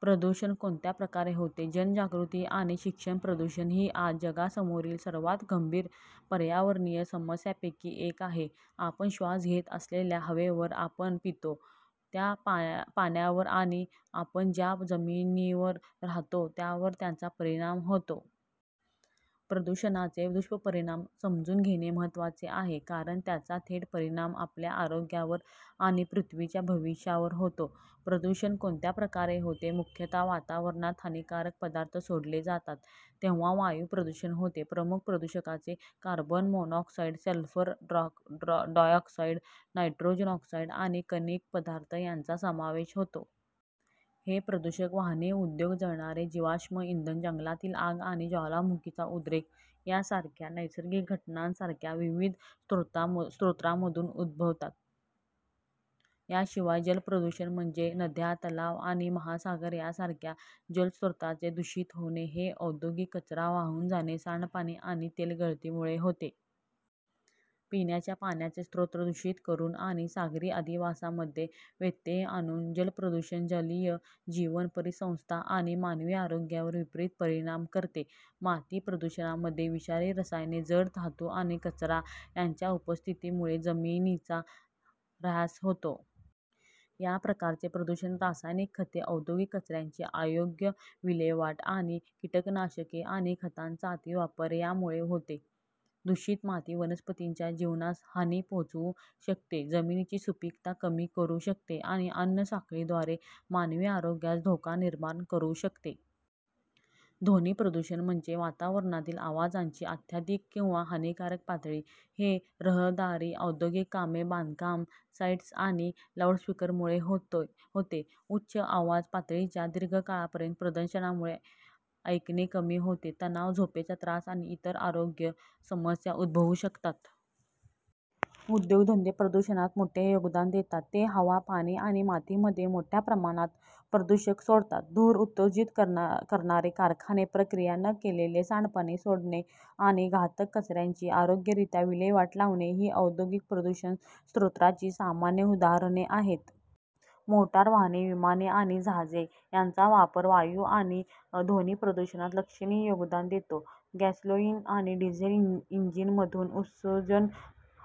प्रदूषण कोणत्या प्रकारे होते, जनजागृती आणि शिक्षण. प्रदूषण ही आज जगासमोरील सर्वात गंभीर पर्यावरणीय समस्यांपैकी एक आहे. आपण श्वास घेत असलेल्या हवेवर, आपण पितो त्या पाण्यावर आणि आपण ज्या जमिनीवर राहतो त्यावर त्याचा परिणाम होतो. प्रदूषणाचे दुष्परिणाम समजून घेणे महत्त्वाचे आहे, कारण त्याचा थेट परिणाम आपल्या आरोग्यावर आणि पृथ्वीच्या भविष्यावर होतो. प्रदूषण कोणत्या प्रकारे होते. मुख्यतः वातावरणात हानिकारक पदार्थ सोडले जातात तेव्हा वायू प्रदूषण होते. प्रमुख प्रदूषकांमध्ये carbon monoxide, sulphur dioxide, nitrogen oxide आणि कणिक पदार्थ यांचा समावेश होतो. हे प्रदूषक वाहने, उद्योग, जळणारे जीवाश्म इंधन, जंगलातील आग आणि ज्वालामुखीचा उद्रेक यासारख्या नैसर्गिक घटनांसारख्या विविध स्रोतांमधून उद्भवतात. याशिवाय, जलप्रदूषण म्हणजे नद्या, तलाव आणि महासागर यांसारख्या जलस्रोतांचे दूषित होणे. हे औद्योगिक कचरा वाहून जाणे, सांडपाणी आणि तेल गळतीमुळे होते. पिण्याच्या पाण्याचे स्रोत दूषित करून आणि सागरी अधिवासांमध्ये व्यत्यय आणून जलप्रदूषण जलीय जीवन, परिसंस्था आणि मानवी आरोग्यावर विपरीत परिणाम करते. माती प्रदूषणामध्ये विषारी रसायने, जड धातू आणि कचरा यांच्या उपस्थितीमुळे जमिनीचा ऱ्हास होतो. या प्रकारचे प्रदूषण रासायनिक खते, औद्योगिक कचऱ्याची अयोग्य विल्हेवाट आणि कीटकनाशके आणि खतांचा अतिवापर यामुळे होते. दूषित माती वनस्पतींच्या जीवनास हानी पोहोचवू शकते, जमिनीची सुपीकता कमी करू शकते आणि अन्न साखळीद्वारे मानवी आरोग्यास धोका निर्माण करू शकते. ध्वनी प्रदूषण म्हणजे वातावरणातील आवाजाची अत्यधिक किंवा हानिकारक पातळी. हे रहदारी, औद्योगिक कामे, बांधकाम साइट्स आणि लाऊडस्पीकरमुळे होते. उच्च आवाज पातळीच्या दीर्घकाळापर्यंत प्रदर्शनामुळे ऐकणे कमी होते, तणाव, झोपेचा त्रास आणि इतर आरोग्य समस्या उद्भवू शकतात. उद्योगधंदे प्रदूषणात मोठे योगदान देतात. ते हवा, पाणी आणि मातीमध्ये मोठ्या प्रमाणात प्रदूषक सोडतात. धूर उत्सर्जित करणारे कारखाने, प्रक्रिया न केलेले सांडपाणी सोडणे आणि घातक कचऱ्याची अयोग्यरित्या विल्हेवाट लावणे ही औद्योगिक प्रदूषण स्रोतांची सामान्य उदाहरणे आहेत. मोटार वाहने, विमाने आणि जहाजे यांचा वापर वायू आणि ध्वनी प्रदूषणात लक्षणीय योगदान देतो. गॅसोलीन आणि डिझेल इंजिनमधून उत्सर्जन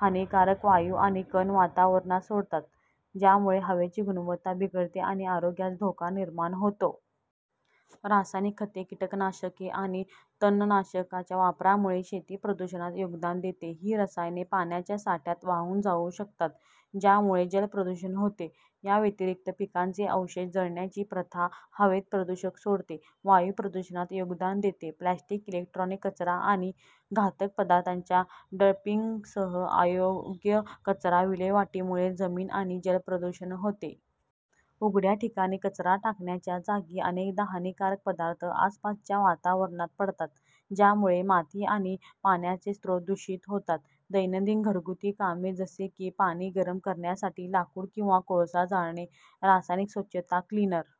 हानिकारक वायू आणि कण वातावरणात सोडतात, ज्यामुळे हवेची गुणवत्ता बिघडते आणि आरोग्यास धोका निर्माण होतो. रासायनिक खते, कीटकनाशके आणि तणनाशकांच्या वापरामुळे शेती प्रदूषणात योगदान देते. ही रसायने पाण्याच्या साठ्यात वाहून जाऊ शकतात, ज्यामुळे जलप्रदूषण होते. याव्यतिरिक्त, पिकांचे अवशेष जाळण्याची प्रथा हवेत प्रदूषक सोडते, वायू प्रदूषणात योगदान देते. प्लास्टिक, इलेक्ट्रॉनिक कचरा आणि घातक पदार्थांच्या डंपिंगसह अयोग्य कचरा विल्हेवाटीमुळे जमीन आणि जल प्रदूषण होते. उघड्या ठिकाणी कचरा टाकण्याच्या जागी अनेकदा हानिकारक पदार्थ आसपासच्या वातावरणात पडतात, ज्यामुळे माती आणि पाण्याचे स्रोत दूषित होतात. दैनंदिन घरगुती कामे जसे की पाणी गरम करण्यासाठी लाकूड किंवा कोळसा जाळणे, रासायनिक स्वच्छता क्लिनर.